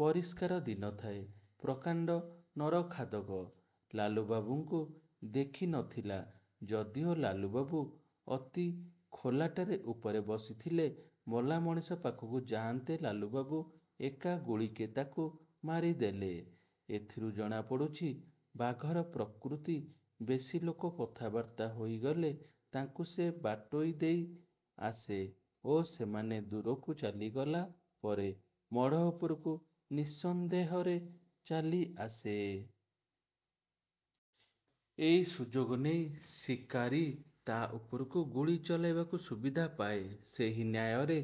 ପରିଷ୍କାର ଦିନ ଥାଏ-। ପ୍ରକାଣ୍ଡ ନରଖାଦକ। ଲାଲୁବାବୁଙ୍କୁ ଦେଖି ନଥିଲା, ଯଦି ଓ ଲାଲୁବାବୁ ଅତି ଖୋଲାଟାରେ ଉପରେ ବସିଥିଲେ। ମଲାମଣିଷ ପାଖକୁ ଯାଅନ୍ତେ ଲାଲୁବାବୁ ଏକା ଗୁଳିକେ ତାକୁ ମାରିଦେଲେ। ଏଥିରୁ ଜଣାପଡ଼ିଛି ବାଘର ପ୍ରକୃତି ବେଶୀ ଲୋକ କଥାବାର୍ତ୍ତା ହୋଇ ଗଲେ ତାଙ୍କୁ ସେ ବାଟୋଇ ଦେଇ ଆସେ ଓ ସେମାନେ ଦୂରକୁ ଚାଲିଗଲା ପରେ ମଢ଼ ଉପରକୁ ନିଃସନ୍ଦେହରେ ଚାଲିଆସେ-। ଏଇ ସୁଯୋଗ ନେଇ ଶିକାରୀ ତା' ଉପରକୁ ଗୁଳି ଚଳାଇବାକୁ ସୁବିଧା ପାଏ। ସେହି ନ୍ୟାୟରେ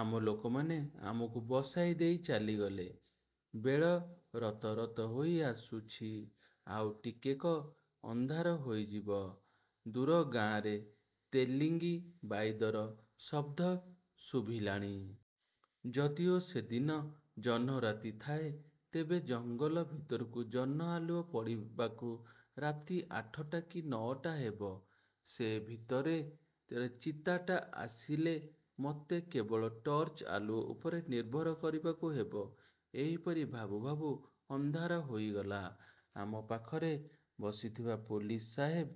ଆମ ଲୋକମାନେ ଆମକୁ ବସାଇ ଦେଇ ଚାଲିଗଲେ। ବେଳ ରତ ରତ ହୋଇ ଆସୁଛି। ଆଉ ଟିକକେ ଅନ୍ଧାର ହୋଇଯିବ। ଦୂର ଗାଁରେ ତେଲିଙ୍ଗି ବାଇଦର ଶବ୍ଦ ଶୁଭିଲାଣି। ଯଦି ଓ ସେଦିନ ଜହ୍ନରାତି ଥାଏ, ତେବେ ଜଙ୍ଗଲ ଭିତରକୁ ଜହ୍ନ ଆଲୁଅ ପଡ଼ିବାକୁ ରାତି ଆଠଟା କି ନଅଟା ହେବ। ସେ ଭିତରେ ଚିତାଟା ଆସିଲେ ମୋତେ କେବଳ ଟର୍ଚ୍ଚ ଆଲୁଅ ଉପରେ ନିର୍ଭର କରିବାକୁ ହେବ।,ଏହିପରି ଭାବୁ ଭାବୁ ଅନ୍ଧାର ହୋଇଗଲା। ଆମ ପାଖରେ ବସିଥିବା ପୁଲିସ ସାହେବ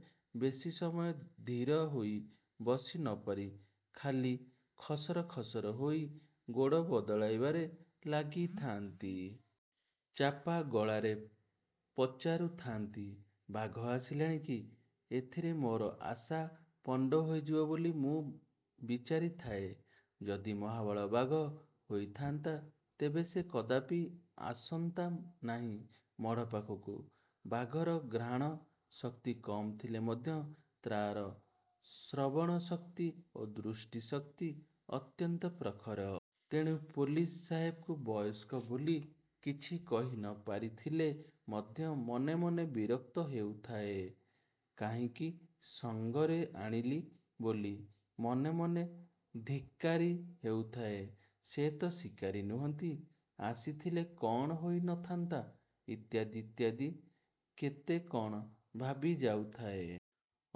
ବେଶି ସମୟ ଧୀର ହୋଇ ବସି ନ ପାରି ଖାଲି ଖସର ଖସର ହୋଇ ଗୋଡ଼ ବଦଳାଇବାରେ ଲାଗିଥାନ୍ତି। ଚାପା ଗଳାରେ ପଚାରୁଥାନ୍ତି, ବାଘ ଆସିଲାଣି କି? ଏଥିରେ ମୋର ଆଶା ପଣ୍ଡ ହୋଇଯିବ ବୋଲି ମୁଁ ବିଚାରିଥାଏ। ଯଦି ମହାବଳ ବାଘ ହୋଇଥାନ୍ତା ତେବେ ସେ କଦାପି ଆସନ୍ତା ନାହିଁ ମଢ଼ ପାଖକୁ। ବାଘର ଘ୍ରାଣ ଶକ୍ତି କମ ଥିଲେ ମଧ୍ୟ ତା'ର ଶ୍ରବଣ ଶକ୍ତି ଓ ଦୃଷ୍ଟି ଶକ୍ତି ଅତ୍ୟନ୍ତପ୍ରଖର। ତେଣୁ ପୁଲିସ ସାହେବଙ୍କୁ ବୟସ୍କ ବୋଲି କିଛି କହି ନ ପାରିଥିଲେ ମଧ୍ୟ ମନେ ମନେ ବିରକ୍ତ ହେଉଥାଏ। କାହିଁକି ସଙ୍ଗରେ ଆଣିଲି ବୋଲି ମନେ ମନେ ଧିକ୍କାରି ହେଉଥାଏ। ସେ ତ ଶିକାରୀ ନୁହନ୍ତି, ଆସି ଥିଲେ କ'ଣ ହୋଇ ନ ଥାନ୍ତା! ଇତ୍ୟାଦି ଇତ୍ୟାଦି କେତେ କ'ଣ ଭାବିଯାଉଥାଏ।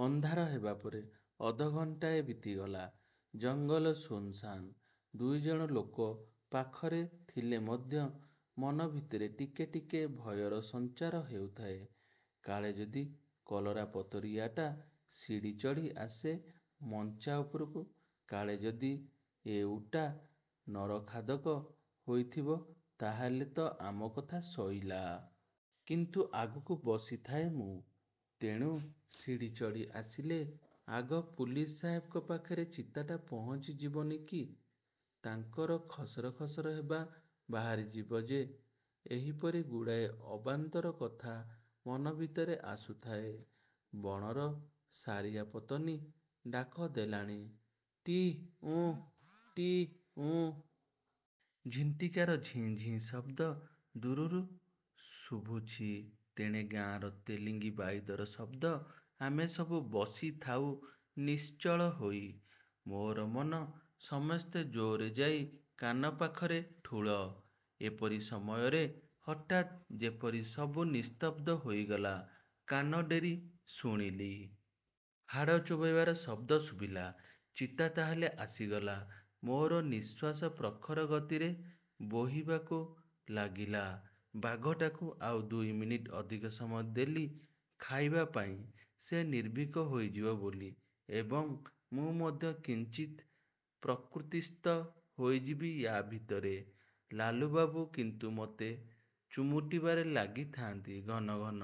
ଅନ୍ଧାର ହେବାପରେ ଅଧଘଣ୍ଟାଏ ବିତିଗଲା। ଜଙ୍ଗଲ ଶୁନ୍ ଶାନ୍। ଦୁଇଜଣ ଲୋକ ପାଖରେ ଥିଲେ ମଧ୍ୟ ମନ ଭିତରେ ଟିକେ ଟିକେ ଭୟର ସଞ୍ଚାର ହେଉଥାଏ। କାଳେ ଯଦି କଲରାପତରିଆଟା ସିଡ଼ି ଚଢ଼ି ଆସେ ମଞ୍ଚା ଉପରକୁ! କାଳେ ଯଦି ଏଉଟା ନରଖାଦକ ହୋଇଥିବ-! ତାହାହେଲେ ତ ଆମ କଥା ସଇଲା! କିନ୍ତୁ ଆଗକୁ ବସିଥାଏ ମୁଁ। ତେଣୁ ସିଡ଼ି ଚଢ଼ି ଆସିଲେ ଆଗ ପୁଲିସ ସାହେବଙ୍କ ପାଖରେ ଚିତାଟା ପହଞ୍ଚି ଯିବନି କି! ତାଙ୍କର ଖସର ଖସର ହେବା ବାହାରିଯିବ ଯେ। ଏହିପରି ଗୁଡ଼ାଏ ଅବାନ୍ତର କଥା ମନ ଭିତରେ ଆସୁଥାଏ-। ବଣର ସାରିଆପତନି ଡାକ ଦେଲାଣି-ଟିହ'ଉଁ ଟିହ'ଉଁ। ଝିଣ୍ଟିକାର ଝିଁ ଝିଁ ଶବ୍ଦ ଦୂରରୁ ଶୁଭୁଛି। ତେଣେ ଗାଁର ତେଲିଙ୍ଗି ବାଇଦର ଶବ୍ଦ। ଆମେ ସବୁ ବସିଥାଉ ନିଶ୍ଚଳ ହୋଇ। ମୋର ମନର ସମସ୍ତ ଜୋର ଯାଇ କାନ ପାଖରେ ଠୂଳ! ଏପରି ସମୟରେ ହଠାତ୍ ଯେପରି ସବୁ ନିସ୍ତବ୍ଧ ହୋଇଗଲା-। କାନ ଡେରି ଶୁଣିଲି। ହାଡ଼ ଚୋବେଇବାର ଶବ୍ଦ ଶୁଭିଲା। ଚିତା ତାହାହେଲେ ଆସିଗଲା-? ମୋର ନିଃଶ୍ୱାସ ପ୍ରଖର ଗତିରେ ବୋହିବାକୁ ଲାଗିଲା। ବାଘଟାକୁ ଆଉ ଦୁଇ ମିନିଟ ଅଧିକା ସମୟ ଦେଲି ଖାଇବା ପାଇଁ-ସେ ନିର୍ଭୀକ ହୋଇଯିବ ବୋଲି ଏବଂ ମୁଁ ମଧ୍ୟ କିଞ୍ଚିତ ପ୍ରକୃତିସ୍ଥ ହୋଇଯିବି ୟା ଭିତରେ। ଲାଲୁବାବୁ କିନ୍ତୁ ମୋତେ ଚିମୁଟିବାରେ ଲାଗିଥାନ୍ତି ଘନ ଘନ।